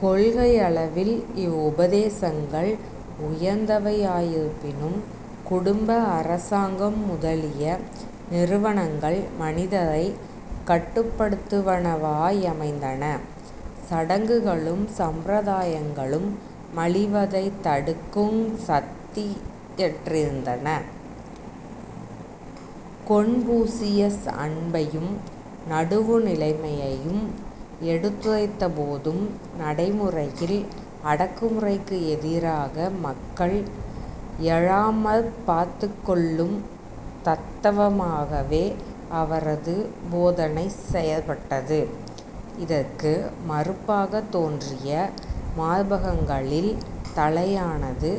கொள்கையளவில் இவ்வுபதேசங்கள் உயர்ந்தவையாயிருப்பினும், குடும்பம், அரசாங்கம் முதலிய நிறுவனங்கள் மனிதரைக் கட்டுப்படுத்துவனவாயமைந்தன. சடங்குகளும் சம்பிரதாயங்களும் மலிவதைத் தடுக்குங் சக்தியற்றிருந்தன. கொன்பூசியஸ் அன்பையும் நடுவுநிலைமையையும் எடுத்துரைத்தபோதும், நடைமுறையில் அடக்குமுறைக்கு எதிராக மக்கள் எழாமற் பார்த்துக் கொள்ளும் தத்தவமாகவே அவரது போதனை செயற்பட்டது. இதற்கு மறுப்பாகத் தோன்றிய மார்க்கங்களில் தலையானது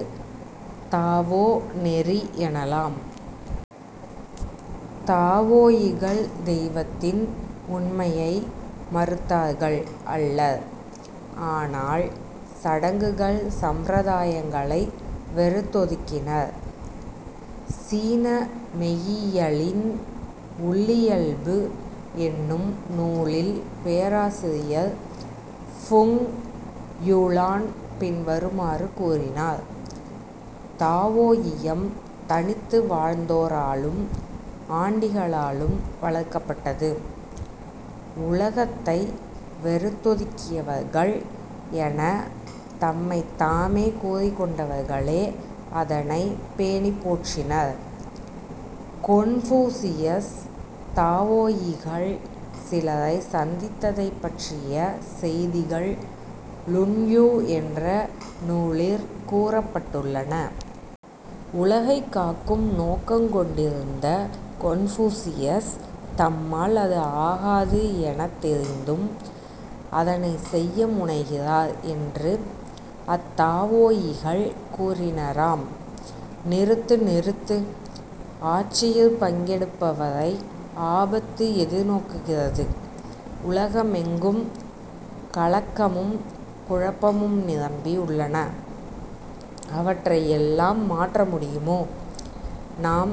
தாவோ நெறி எனலாம். தாவோயிகள் தெய்வத்தின் உண்மையை மறுத்தார்கள் அல்லர். ஆனால் சடங்கு சம்பிரதாயங்களை வெறுத்தொதுக்கினர். சீன மெய்யியலின் உள்ளியல்பு என்னும் நூலில் பேராசிரியர் ஃபுங் யூ-லான் பின்வருமாறு கூறுகிறார். "தாவோயியம் தனித்து வாழ்ந்தோராலும் ஆண்டிகளாலும் வளர்க்கப்பட்டது. 'உலகத்தை வெறுத்தொதுக்கியவர்கள்' எனத் தம்மைத்தாமே கூறிக்கொண்டவர்களே அதனைப் பேணிப் போற்றினர். " கொன்பூசியஸ் தாவோயிகள் சிலரைச் சந்தித்ததைப் பற்றிய செய்திகள் லுன்யூ என்ற நூலிற் கூறுப்பட்டுள்ளன. உலகைக் காக்கும் நோக்கங் கொண்டிருந்த கொன்பூசியஸ், தம்மால் அது ஆகாது எனத் தெரிந்தும், அதனைச் செய்ய முனைகிறார் என்று அத்தாவோயிகள் கூறினராம். "நிறுத்து! நிறுத்து! ஆட்சியிற் பங்கெடுப்பவரை ஆபத்து எதிர் நோக்குகிறது. உலகமெங்கும் கலக்கமும் குழப்பமும் நிரம்பி உள்ளன. அவற்றை எல்லாம் மாற்ற முடியுமோ? நாம்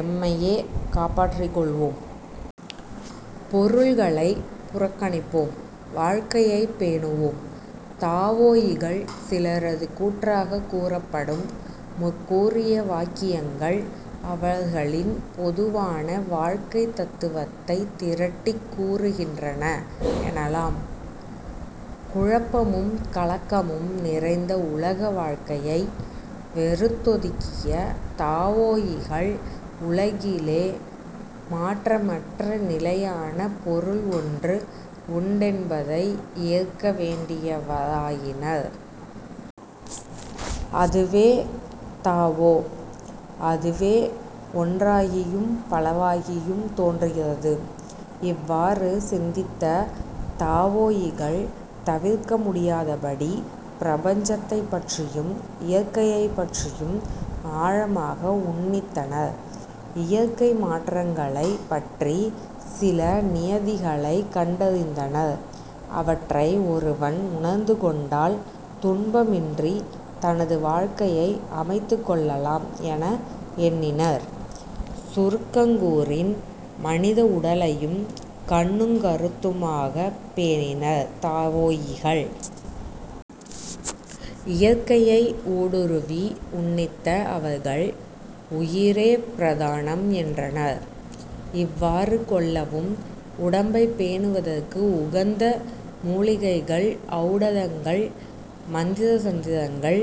எம்மையே காப்பாற்றிக்கொள்வோம். பொருள்களைப் புறக்கணிப்போம்; வாழ்க்கையைப் பேணுவோம். " தாவோயிகள் சிலரது கூற்றாகக் கூறப்படும் முற்கூறிய வாக்கியங்கள் அவர்களின் பொதுவான வாழ்க்கைத் தத்துவத்தைத் திரட்டிக் கூறுகின்றன எனலாம். குழப்பமும் கலக்கமும் நிறைந்த உலக வாழ்கையை வெறுத்தொதுக்கிய தாவோயிகள் உலகிலே மாற்றமற்ற நிலையான பொருள் ஒன்று உண்டென்பதை ஏற்க வேண்டியவராயினர். அதுவே தாவோ. அதுவே ஒன்றாகியும் பலவாகியும் தோன்றுகிறது. இவ்வாறு சிந்தித்த தாவோயிகள் தவிர்க்க முடியாதபடி பிரபஞ்சத்தைப்பற்றியும் இயற்கையைப்பற்றியும் ஆழமாக உன்னித்தனர். இயற்கை மாற்றங்களைப் பற்றிச் சில நியதிகளைக் கண்டறிந்தனர். அவற்றை ஒருவன் உணர்ந்துகொண்டால் துன்பமின்றித் தனது வாழ்க்கையை அமைத்துக் கொள்ளலாம் என எண்ணினர். சுருங்கக்கூறின், மனித உடலையும் கண்ணுங் கருத்துமாகப் பேணினர் தாவோயிகள். இயற்கையை ஊடுருவி உன்னித்த அவர்கள் "உயிரே பிரதானம்" என்றனர். இவ்வாறு கொள்ளவும், உடம்பைப் பேணுவதற்கு உகந்த மூலிகைகள், ஔடதங்கள், மந்திரதந்திரங்கள்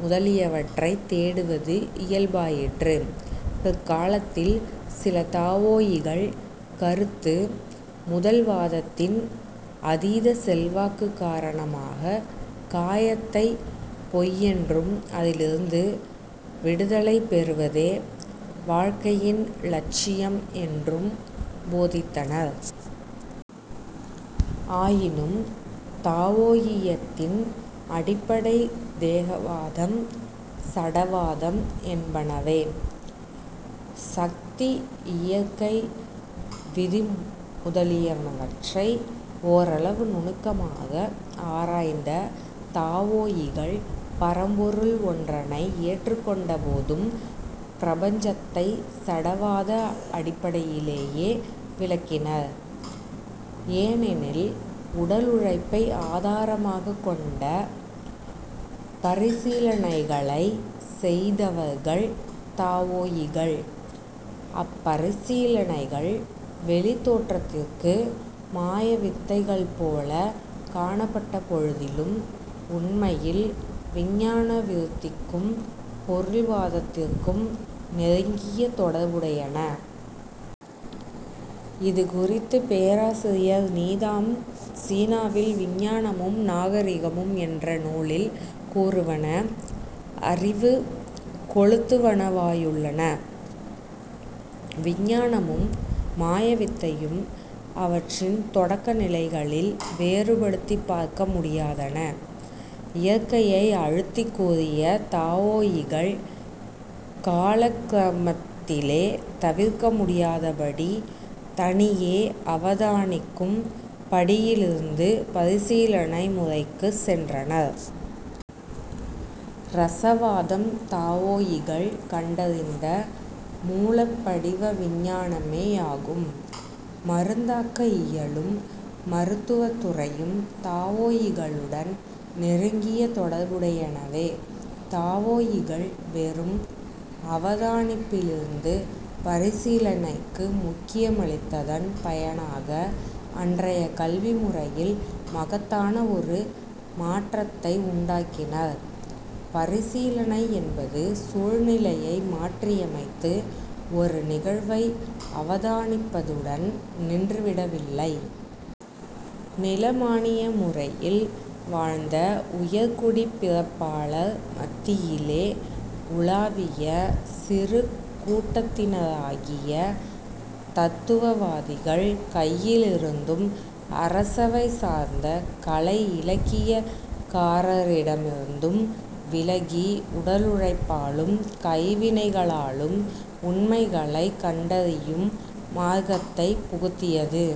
முதலியவற்றைத் தேடுவது இயல்பாயிற்று. பிற்காலத்தில் சில தாவோயிகள் கருத்து முதல் வாதத்தின் அதீத செல்வாக்குக் காரணமாகக் காயத்தை பொய்யென்றும், அதிலிருந்து விடுதலை பெறுவதே வாழ்க்கையின் இலட்சியம் என்றும் போதித்தனர். ஆயினும் தாவோயியத்தின் அடிப்படை தேகவாதம், சடவாதம் என்பனவே. சக்தி, இயற்கை விதி முதலியவற்றை ஓரளவு நுணுக்கமாக ஆராய்ந்த தாவோயிகள் பரம்பொருள் ஒன்றனை ஏற்றுக்கொண்டபோதும், பிரபஞ்சத்தைச் சடவாத அடிப்படையிலேயே விளக்கினர். ஏனெனில் உடலுழைப்பை ஆதாரமாகக் கொண்ட பரிசீலனைகளைச் செய்தவர்கள் தாவோயிகள். அப்பரிசீலனைகள் வௌித் தோற்றத்திற்கு மாயவித்தைகள்போலக் காணப்பட்டபொழுதிலும், உண்மையில் விஞ்ஞான விருத்திக்கும் பொருள்வாதத்திற்கும் நெருங்கிய தொடர்புடையன. இது குறித்துப் பேராசிரியர் நீதாம் சீனாவில் விஞ்ஞானமும் நாகரிகமும் என்ற நூலில் கூறுவன அறிவு கொளுத்து வனவாயுள்ளன:। "விஞ்ஞானமும் மாயவித்தையும் அவற்றின் தொடக்க நிலைகளில் வேறுபடுத்திப் பார்க்க முடியாதன. இயற்கையை அழுத்திக் கூறிய தாவோயிகள் காலக்கிரமத்திலே தவிர்க்கமுடியாதபடி தனியே அவதானிக்கும் படியிலிருந்து பரிசீலனை முறைக்குச் சென்றனர். இரசவாதம் தாவோயிகள் கண்டறிந்த மூலப்படிவ விஞ்ஞானமே யாகும். மருந்தாக்க இயலும் மருத்துவத் துறையும் தாவோயிகளுடன் நெருங்கிய தொடர்புடையனவே. தாவோயிகள் வெறும் அவதானிப்பிலிருந்து பரிசீலனைக்கு முக்கியமளித்ததன் பயனாக அன்றைய கல்வி முறையில் மகத்தானவொரு மாற்றத்தை உண்டாக்கினர். பரிசீலனை என்பது சூழ்நிலையை மாற்றியமைத்து ஒரு நிகழ்வை அவதானிப்பதுடன் நின்றுவிடவில்லை. நிலமானிய முறையில் வாழ்ந்த உயர்குடிப் பிறப்பாளர் மத்தியிலே உலாவிய சிறு கூட்டத்தினராகிய தத்துவவாதிகள் கையிலிருந்தும், அரசவை சார்ந்த கலை இலக்கிய காரரிடமிருந்தும், விலகி, உடலுழைப்பாலும் கைவினைகளாலும் உண்மைகளைக் கண்டறியும் மார்க்கத்தைப் புகுத்தியது.